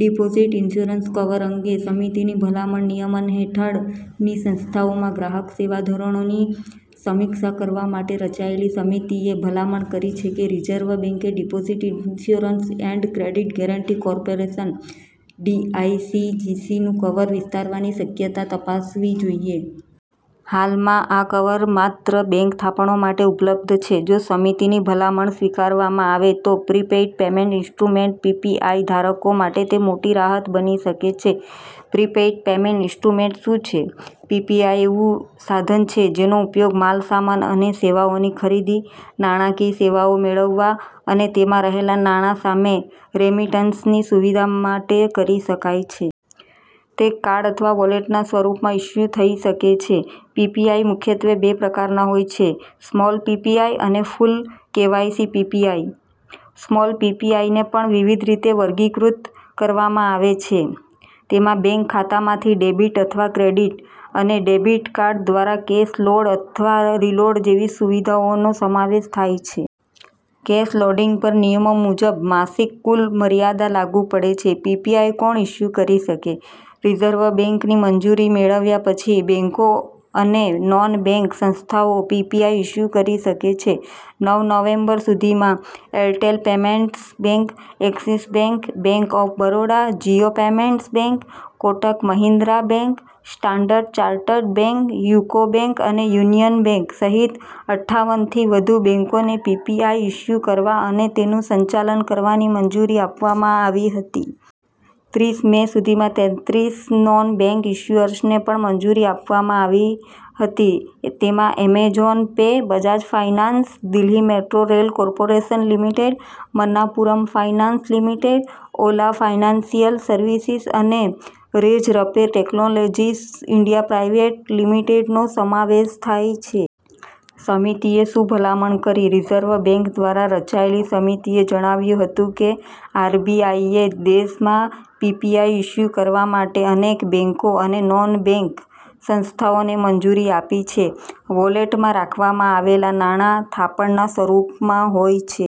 Deposit insurance cover અંગે સમિતિની ભલામણ, નિયમન હેઠળની સંસ્થાઓમાં ગ્રાહક સેવા ધોરણોની સમીક્ષા કરવા માટે રચાયેલી સમિતિએ ભલામણ કરી છે કે રિઝર્વ બેંકે deposit insurance and credit guarantee corporation (ડીઆઈસીજીસી)નું કવર વિસ્તારવાની શક્યતા તપાસવી જોઈએ. હાલમાં આ કવર માત્ર બેંક થાપણો માટે ઉપલબ્ધ છે. જો સમિતિની ભલામણ સ્વીકારવામાં આવે, તો પ્રીપેઇડ પેમેન્ટ ઇન્સ્ટ્રુમેન્ટ (પીપીઆઈ) ધારકો માટે તે મોટી રાહત બની શકે છે. પ્રીપેઇડ પેમેન્ટ ઇન્સ્ટ્રુમેન્ટ શું છે? પીપીઆઈ એવું સાધન છે, જેનો ઉપયોગ માલસામાન અને સેવાઓની ખરીદી, નાણાકીય સેવાઓ મેળવવા અને તેમાં રહેલા નાણાં સામે રેમિટન્સની સુવિધા માટે કરી શકાય છે. તે કાર્ડ અથવા વૉલેટના સ્વરૂપમાં ઇશ્યૂ થઈ શકે છે. પીપીઆઈ મુખ્યત્વે બે પ્રકારના હોય છે, સ્મોલ પીપીઆઈ અને ફુલ-કેવાયસી પીપીઆઈ. સ્મોલ પીપીઆઈને પણ વિવિધ રીતે વર્ગીકૃત કરવામાં આવે છે. તેમાં બેંક ખાતામાંથી ડેબિટ અથવા ક્રેડિટ અને ડેબિટ કાર્ડ દ્વારા કેશ લોડ અથવા રીલોડ જેવી સુવિધાઓનો સમાવેશ થાય છે. કેશ લોડિંગ પર નિયમો મુજબ માસિક કુલ મર્યાદા લાગુ પડે છે. પીપીઆઈ કોણ ઇશ્યૂ કરી શકે? રિઝર્વ બેંકની મંજૂરી મેળવ્યા પછી બેંકો અને નોન-બેંક સંસ્થાઓ પીપીઆઈ ઇશ્યૂ કરી શકે છે. નવ નવેમ્બર સુધીમાં Airtel payments bank, Axis bank, bank of Baroda, Jio payments bank, Kotak Mahindra bank, standard chartered bank, UCO bank અને યુનિયન બેંક સહિત અઠાવન થી વધુ બેંકોને પીપીઆઈ ઇશ્યૂ કરવા અને તેનું સંચાલન કરવાની મંજૂરી આપવામાં આવી હતી. ત્રીસ મે સુધીમાં તેત્રીસ નોન-બેંક ઇશ્યુઅર્સને પણ મંજૂરી આપવામાં આવી હતી. તેમાં Amazon pay, Bajaj finance, Delhi metro rail corporation limited, Manappuram finance limited, Ola financial services અને રેઝરપે ટેક્નોલોજીસ ઇન્ડિયા પ્રાઇવેટ લિમિટેડનો સમાવેશ થાય છે. સમિતિએ શું ભલામણ કરી? રિઝર્વ બેંક દ્વારા રચાયેલી સમિતિએ જણાવ્યું હતું કે આરબીઆઈએ દેશમાંપીપીઆઈ ઇશ્યૂ કરવા માટે અનેક બેંકો અને નોન-બેંક સંસ્થાઓને મંજૂરી આપી છે. વૉલેટમાં રાખવામાં આવેલા નાણાં થાપણના સ્વરૂપમાં હોય છે.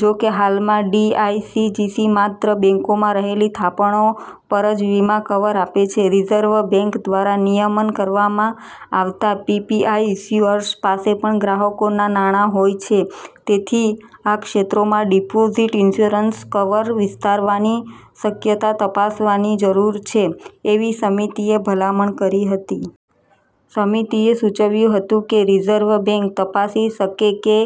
જોકે, હાલમાં ડીઆઈસીજીસી માત્ર બેંકોમાં રહેલી થાપણો પર જ વીમા કવર આપે છે. રિઝર્વ બેંક દ્વારા નિયમન કરવામાં આવતા પીપીઆઈ ઇશ્યુઅર્સ પાસે પણ ગ્રાહકોના નાણાં હોય છે. તેથી આ ક્ષેત્રમાં ડિપોઝિટ ઇન્શ્યોરન્સ કવર વિસ્તારવાની શક્યતા તપાસવાની જરૂર છે, એવી સમિતિએ ભલામણ કરી હતી. સમિતિએ સૂચવ્યું હતું કે રિઝર્વ બેંક તપાસી શકે કે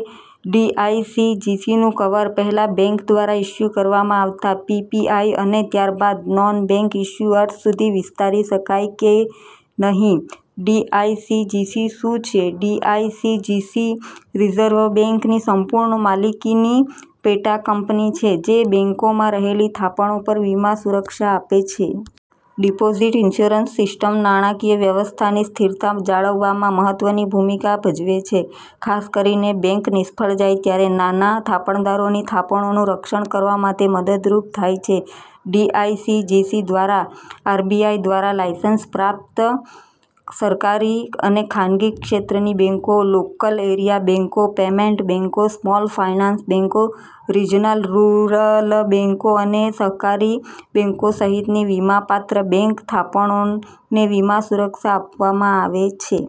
ડીઆઈસીજીસીનું કવર પહેલા બેંક દ્વારા ઇશ્યૂ કરવામાં આવતા પીપીઆઈ અને ત્યારબાદ નોન-બેંક ઇશ્યુઅર્સ સુધી વિસ્તારી શકાય કે નહીં. ડીઆઈસીજીસી શું છે? ડીઆઈસીજીસી રિઝર્વ બેંકની સંપૂર્ણ માલિકીની પેટાકંપની છે, જે બેંકોમાં રહેલી થાપણો પર વીમા સુરક્ષા આપે છે. ડિપોઝિટ ઇન્શ્યોરન્સ સિસ્ટમ નાણાકીય વ્યવસ્થાની સ્થિરતા જાળવવામાં મહત્વની ભૂમિકા ભજવે છે. ખાસ કરીને બેંક નિષ્ફળ જાય ત્યારે નાના થાપણદારોની થાપણોનું રક્ષણ કરવામાં તે મદદરૂપ થાય છે. ડીઆઈસીજીસી દ્વારા આરબીઆઈ દ્વારા લાઇસન્સ પ્રાપ્ત સરકારી અને ખાનગી ક્ષેત્રની બેંકો, લોકલ એરિયા બેંકો, પેમેન્ટ બેંકો, સ્મોલ ફાઇનાન્સ બેંકો, રિજનલ રૂરલ બેંકો અને સહકારી બેંકો સહિતની વીમાપાત્ર બેંક થાપણોને વીમા સુરક્ષા આપવામાં આવે છે.